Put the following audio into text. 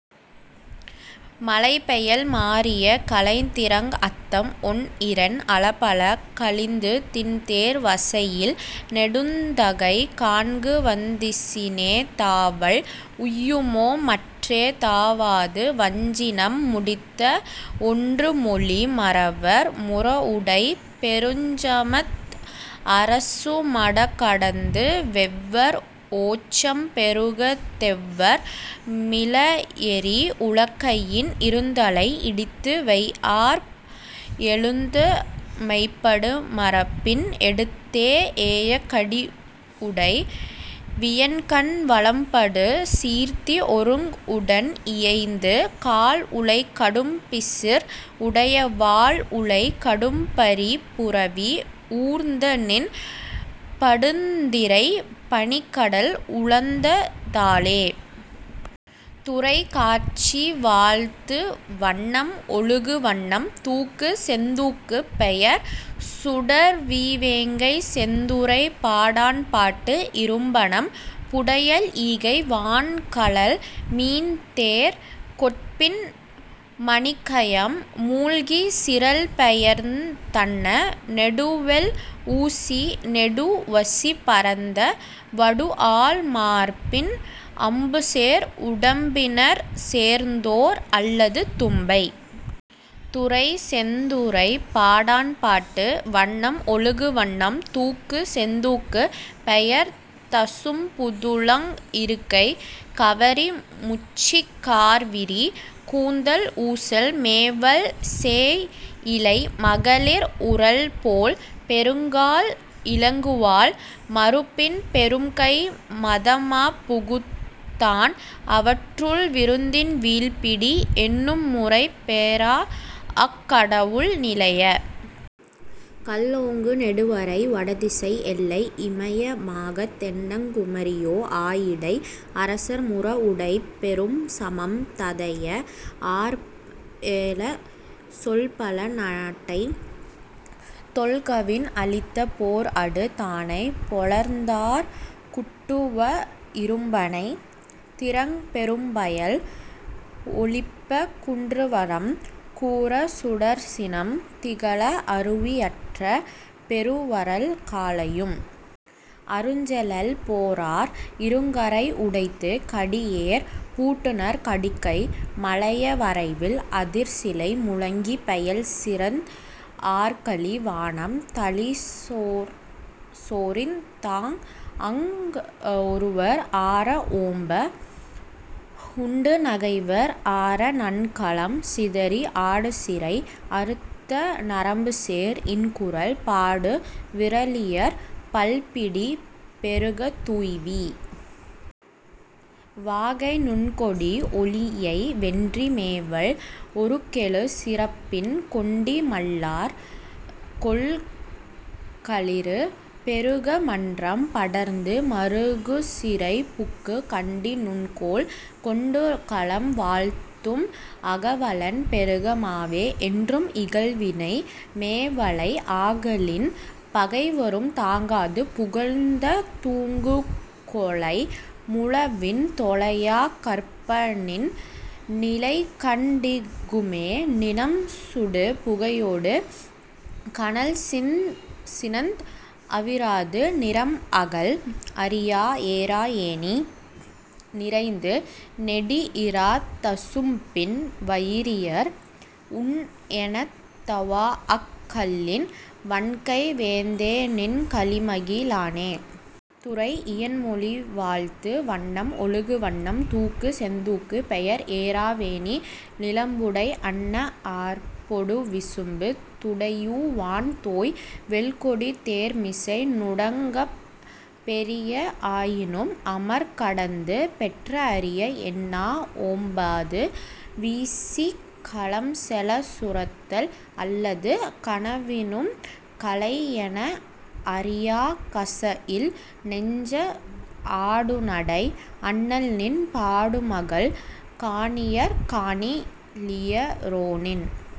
மழைபெயல் மாறிய கழைதிரங் அத்தம் ஒன்இரண் அலபல கழிந்து திண்தேர் வசைஇல் நெடுந்தகை காண்குவந் திசினே தாவல் உய்யுமோ மற்றே தாவாது வஞ்சினம் முடித்த ஒன்றுமொழி மறவர் முரஉடைப் பெருஞ்சமத் அரசுபடக் கடந்து வெவ்வர் ஓச்சம் பெருகத் தெவ்வர் மிளஎறி உலக்கையின் இருந்தலை இடித்து வைஆர்ப் எழுந்த மைபடு பரப்பின் எடுத்தே ஏய கடிப்உடை வியன்கண் வலம்படு சீர்த்தி ஒருங்உடன் இயைந்து கால்உளைக் கடும்பிசிர் உடைய வால்உளைக் கடும்பரிப் புரவி ஊர்ந்தநின் படுந்திரைப் பனிக்கடல் உழந்த தாளே. துறை: காட்சி வாழ்த்து வண்ணம்: ஒழுகு வண்ணம் தூக்கு: செந்தூக்கு பெயர்: சுடர்வீவேங்கை செந்துறைப் பாடாண்பாட்டு இரும்பனம் புடையல் ஈகை வான்கழல் மீன்தேர் கொட்பின் பனிக்கயம் மூழ்கிச் சிரல்பெயர்ந் தன்ன நெடுவெள் ஊசி நெடுவசி பரந்த வடுஆழ் மார்பின் அம்புசேர் உடம்பினர்ச் சேர்ந்தோர் அல்லது தும்பை துறை: செந்துறைப் பாடாண்பாட்டு வண்ணம்: ஒழுகு வண்ணம் தூக்கு: செந்தூக்கு பெயர்: தசும்புதுளங் இருக்கை கவரி முச்சிக் கார்விரி கூந்தல் ஊசல் மேவல் சேய்இழை மகளிர் உரல்போல் பெருங்கால் இலங்குவாள் மருப்பின் பெரும்கை மதமாப் புகுதான் அவற்றுள் விருந்தின் வீழ்பிடி எண்ணுமுறை பெறாஅக் கடவுள் நிலைய கல்ஓங்கு நெடுவரை வடதிசை எல்லை இமய மாகத் தென்னங் குமரியொ ஆயிடை அரசர் முரஉடைப் பெரும்சமம் ததைய ஆர்ப்எழச் சொல்பல நாட்டைத் தொல்கவின் அழித்த போர்அடு தானைப் பொலந்தார்க் குட்டுவ இரும்பணை திரங்கப் பெரும்பயல் ஒளிப்பக் குன்றுவறம் கூரச் சுடர்சினம் திகழ அருவிஅற்ற பெருவறல் காலையும் அருஞ்செலல் பேராற் இருங்கரை உடைத்துக் கடிஏர் பூட்டுநர் கடுக்கை மலைய வரைவில் அதிர்சிலை முழங்கிப் பெயல்சிறந் ஆர்கலி வானம் தளிசொரிந் தாஅங் உறுவர் ஆர ஓம்பா உண்டு நகைவர் ஆர நன்கலம் சிதறி ஆடுசிறை அறுத்த நரம்புசேர் இன்குரல் பாடு விறலியர் பல்பிடி பெறுக துய்வீ வாகை நுண்கொடி உழிஞை வென்றி மேவல் உருகெழு சிறப்பின் கொண்டி மள்ளர் கொல்களிறு பெறுக மன்றம் படர்ந்து மறுகுசிறைப் புக்குக் கண்டி நுண்கோல் கொண்டுகளம் வாழ்த்தும் அகவலன் பெறுக மாவே என்றும் இகல்வினை மேவலை ஆகலின் பகைவரும் தாங்காது புகழ்ந்த தூங்குகொளை முழவின் தொலையாக் கற்பநின் நிலைகண் டிகுமே நிணம்சுடு புகையொடு கனல்சினந் அவிராது நிரம்அகல் அறியா ஏறா ஏணி நிறைந்து நெடிஇராத் தசும்பின் வயிரியர் உண்எனத் தவாஅக் கள்ளின் வண்கை வேந்தேநின் கலிமகி ழானே. துறை: இயன்மொழிவாழ்த்து வண்ணம்: ஒழுகு வண்ணம் தூக்கு: செந்தூக்கு பெயர்: ஏறாவேணி நிலம்புடைப் அன்னஆர்ப் பொடுவிசும்பு துடையூ வான்தோய் வெல்கொடி தேர்மிசை நுடங்கப் பெரிய ஆயினும் அமர்கடந்து பெற்ற அரிய என்னா ஓம்பாது வீசிக் கலம்செலச் சுரத்தல் அல்லது கனவினும் களைஎன அறியாக் கசஇல் நெஞ்சத் ஆடுநடை அண்ணல்நின் பாடுமகள் காணியர் காணி லியரோநின்